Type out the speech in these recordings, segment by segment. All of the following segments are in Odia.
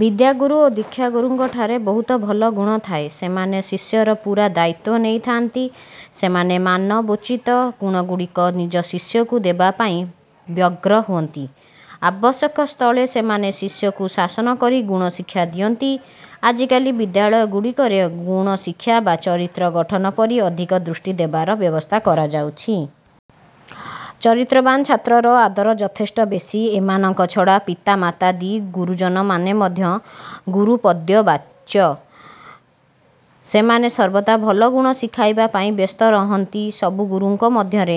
ବିଦ୍ୟାଗୁରୁ ଓ ଦୀକ୍ଷା ଗୁରୁଙ୍କଠାରେ ବହୁତ ଭଲ ଗୁଣ ଥାଏ। ସେମାନେ ଶିଷ୍ୟର ପୂରା ଦାୟିତ୍ଵ ନେଇଥାନ୍ତି। ସେମାନେ ମାନବୋଚିତ ଗୁଣଗୁଡ଼ିକ ନିଜ ଶିଷ୍ୟକୁ ଦେବା ପାଇଁ ବ୍ୟଗ୍ର ହୁଅନ୍ତି-। ଆବଶ୍ୟକ ସ୍ଥଳେ ସେମାନେ ଶିଷ୍ୟକୁ ଶାସନ କରି ଗୁଣ ଶିକ୍ଷା ଦିଅନ୍ତି। ଆଜିକାଲି ବିଦ୍ୟାଳୟଗୁଡ଼ିକରେ ଗୁଣଶିକ୍ଷା ବା ଚରିତ୍ର ଗଠନ ପ୍ରତି ଅଧିକ ଦୃଷ୍ଟି ଦେବାର ବ୍ୟବସ୍ଥା କରାଯାଉଛି-। ଚରିତ୍ରବାନ ଛାତ୍ରର ଆଦର ଯଥେଷ୍ଟ ବେଶୀ। ଏମାନଙ୍କ ଛଡ଼ା ପିତାମାତାଦି ଗୁରୁଜନମାନେ ମଧ୍ୟ ଗୁରୁପଦବାଚ୍ୟ। ସେମାନେ ସର୍ବଦା ଭଲ ଗୁଣ ଶିଖାଇବା ପାଇଁ ବ୍ୟସ୍ତ ରହନ୍ତି-। ସବୁ ଗୁରୁଙ୍କ ମଧ୍ୟରେ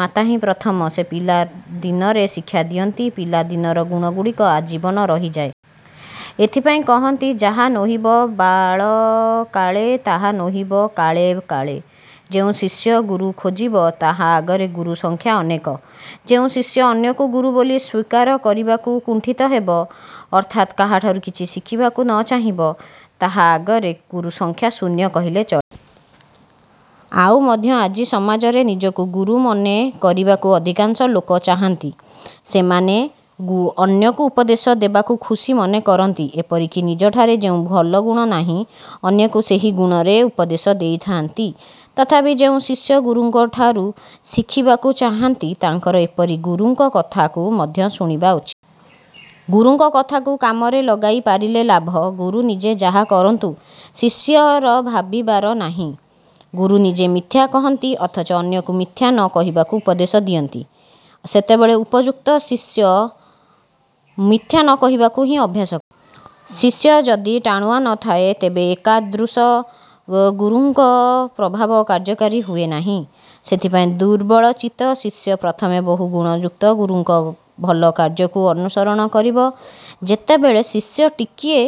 ମାତାହିଁ ପ୍ରଥମ। ସେ ପିଲା ଦିନରେ ଶିକ୍ଷା ଦିଅନ୍ତି। ପିଲା ଦିନର ଗୁଣଗୁଡ଼ିକ ଆଜୀବନ ରହିଯାଏ। ଏଥିପାଇଁ କହନ୍ତି- ଯାହା ନୋହିବ ବାଳକାଳେ, ତାହା ନୋହିବ କାଳେ କାଳେ। ଯେଉଁ ଶିଷ୍ୟ ଗୁରୁ ଖୋଜିବ ତାହା ଆଗରେ ଗୁରୁ ସଂଖ୍ୟା ଅନେକ। ଯେଉଁ ଶିକ୍ଷ୍ୟ ଅନ୍ୟକୁ ଗୁରୁ ବୋଲି ସ୍ଵୀକାର କରିବାକୁ କୁଣ୍ଠିତ ହେବ ଅର୍ଥାତ୍ କାହାଠାରୁ କିଛି ଶିଖିବାକୁ ନ ଚାହିଁବ, ତାହା ଆଗରେ ଗୁରୁ ସଂଖ୍ୟା ଶୂନ୍ୟ କହିଲେ ଚଳେ। ଆଉ ମଧ୍ୟ ଆଜି ସମାଜରେ ନିଜକୁ ଗୁରୁ ମନେ କରିବାକୁ ଅଧିକାଂଶ ଲୋକ ଚାହାନ୍ତି। ସେମାନେ ଅନ୍ୟକୁ ଉପଦେଶ ଦେବାକୁ ଖୁସି ମନେ କରନ୍ତି। ଏପରିକି ନିଜଠାରେ ଯେଉଁ ଭଲଗୁଣ ନାହିଁ, ଅନ୍ୟକୁ ସେହି ଗୁଣରେ ଉପଦେଶ ଦେଇଥାନ୍ତି। ତଥାପି ଯେଉଁ ଶିକ୍ଷ୍ୟ ଗୁରୁଙ୍କଠାରୁ ଶିଖିବାକୁ ଚାହାନ୍ତି, ତାଙ୍କର ଏପରି ଗୁରୁଙ୍କ କଥାକୁ ମଧ୍ୟ ଶୁଣିବା ଉଚିତ। ଗୁରୁଙ୍କ କଥାକୁ କାମରେ ଲଗାଇ ପାରିଲେ ଲାଭ। ଗୁରୁ ନିଜେ ଯାହା କରନ୍ତୁ, ଶିଷ୍ୟର ଭାବିବାର ନାହିଁ। ଗୁରୁ ନିଜେ ମିଥ୍ୟା କହନ୍ତି ଅଥଚ ଅନ୍ୟକୁ ମିଥ୍ୟା ନ କହିବାକୁ ଉପଦେଶ ଦିଅନ୍ତି, ସେତେବେଳେ ଉପଯୁକ୍ତ ଶିଷ୍ୟ ମିଥ୍ୟା ନ କହିବାକୁ ହିଁ ଅଭ୍ୟାସ କରେ। ଶିଷ୍ୟ ଯଦି ଟାଣୁଆ ନ ଥାଏ ତେବେ ଏତାଦୃଶ ଗୁରୁଙ୍କ ପ୍ରଭାବ କାର୍ଯ୍ୟକାରୀ ହୁଏ ନାହିଁ। ସେଥିପାଇଁ ଦୁର୍ବଳଚିତ୍ତ ଶିଷ୍ୟ ପ୍ରଥମେ ବହୁ ଗୁଣ ଯୁକ୍ତ ଗୁରୁଙ୍କ ଭଲ କାର୍ଯ୍ୟକୁ ଅନୁସରଣ କରିବ। ଯେତେବେଳେ ଶିଷ୍ୟ ଟିକିଏ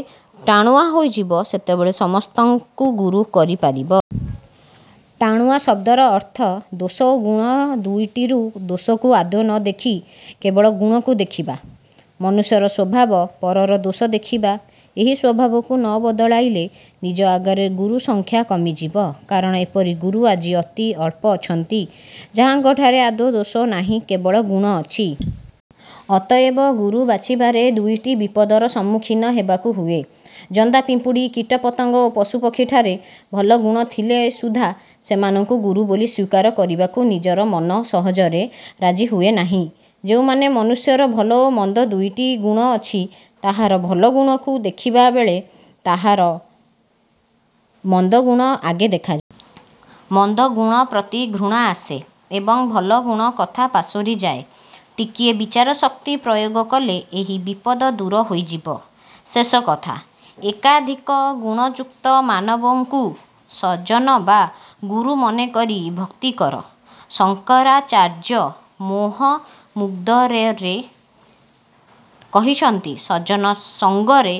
ଟାଣୁଆ ହୋଇଯିବ ସେତେବେଳେ ସମସ୍ତଙ୍କୁ ଗୁରୁ କରିପାରିବ। ଟାଣୁଆ ଶବ୍ଦର ଅର୍ଥ-ଦୋଷ ଓ ଗୁଣ ଦୁଇଟିରୁ ଦୋଷକୁ ଆଦୌ ନ ଦେଖି କେବଳ ଗୁଣକୁ ଦେଖିବା। ମନୁଷ୍ୟର ସ୍ଵଭାବ, ପରର ଦୋଷ ଦେଖିବା। ଏହି ସ୍ଵଭାବକୁ ନ ବଦଳାଇଲେ ନିଜ ଆଗରେ ଗୁରୁ ସଂଖ୍ୟା କମିଯିବ। କାରଣ ଏପରି ଗୁରୁ ଆଜି ଅତି ଅଳ୍ପ ଅଛନ୍ତି, ଯାହାଙ୍କଠାରେ ଆଦୌ ଦୋଷ ନାହିଁ କେବଳ ଗୁଣ ଅଛି। ଅତଏବ ଗୁରୁ ବାଛିବାରେ ଦୁଇଟି ବିପଦର ସମ୍ମୁଖୀନ ହେବାକୁ ହୁଏ। ଜନ୍ଦା ପିମ୍ପୁଡ଼ି, କୀଟପତଙ୍ଗ ଓ ପଶୁପକ୍ଷୀ ଠାରେ ଭଲ ଗୁଣ ଥିଲେ ସୁଧା ସେମାନଙ୍କୁ ଗୁରୁ ବୋଲି ସ୍ଵୀକାର କରିବାକୁ ନିଜର ମନ ସହଜରେ ରାଜି ହୁଏ ନାହିଁ। ଯେଉଁ ମନୁଷ୍ୟର ଭଲ ଓ ମନ୍ଦ ଦୁଇଟି ଗୁଣ ଅଛି, ତାହାର ଭଲ ଗୁଣକୁ ଦେଖିବାବେଳେ ତାହାର ମନ୍ଦ ଗୁଣ ଆଗେ ଦେଖାଯାଏ। ମନ୍ଦ ଗୁଣପ୍ରତି ଘୃଣା ଆସେ ଏବଂ ଭଲ ଗୁଣ କଥା ପାସୋରିଯାଏ। ଟିକିଏ ବିଚାରଶକ୍ତି ପ୍ରୟୋଗ କଲେ ଏହି ବିପଦ ଦୂର ହୋଇଯିବ। ଶେଷକଥା, ଏକାଧିକ ଗୁଣଯୁକ୍ତ ମାନବଙ୍କୁ ସଜ୍ଜନ ବା ଗୁରୁ ମନେକରି ଭକ୍ତି କର। ଶଙ୍କରାଚାର୍ଯ୍ୟ ମୋହମୁଦ୍ଗରରେ କହିଛନ୍ତି, "ସଜ୍ଜନ ସଙ୍ଗରେ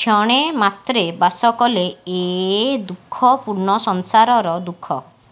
କ୍ଷଣେମାତ୍ରେ ବାସ କଲେ ଏ ଦୁଃଖପୂର୍ଣ୍ଣ ସଂସାରର ଦୁଃଖ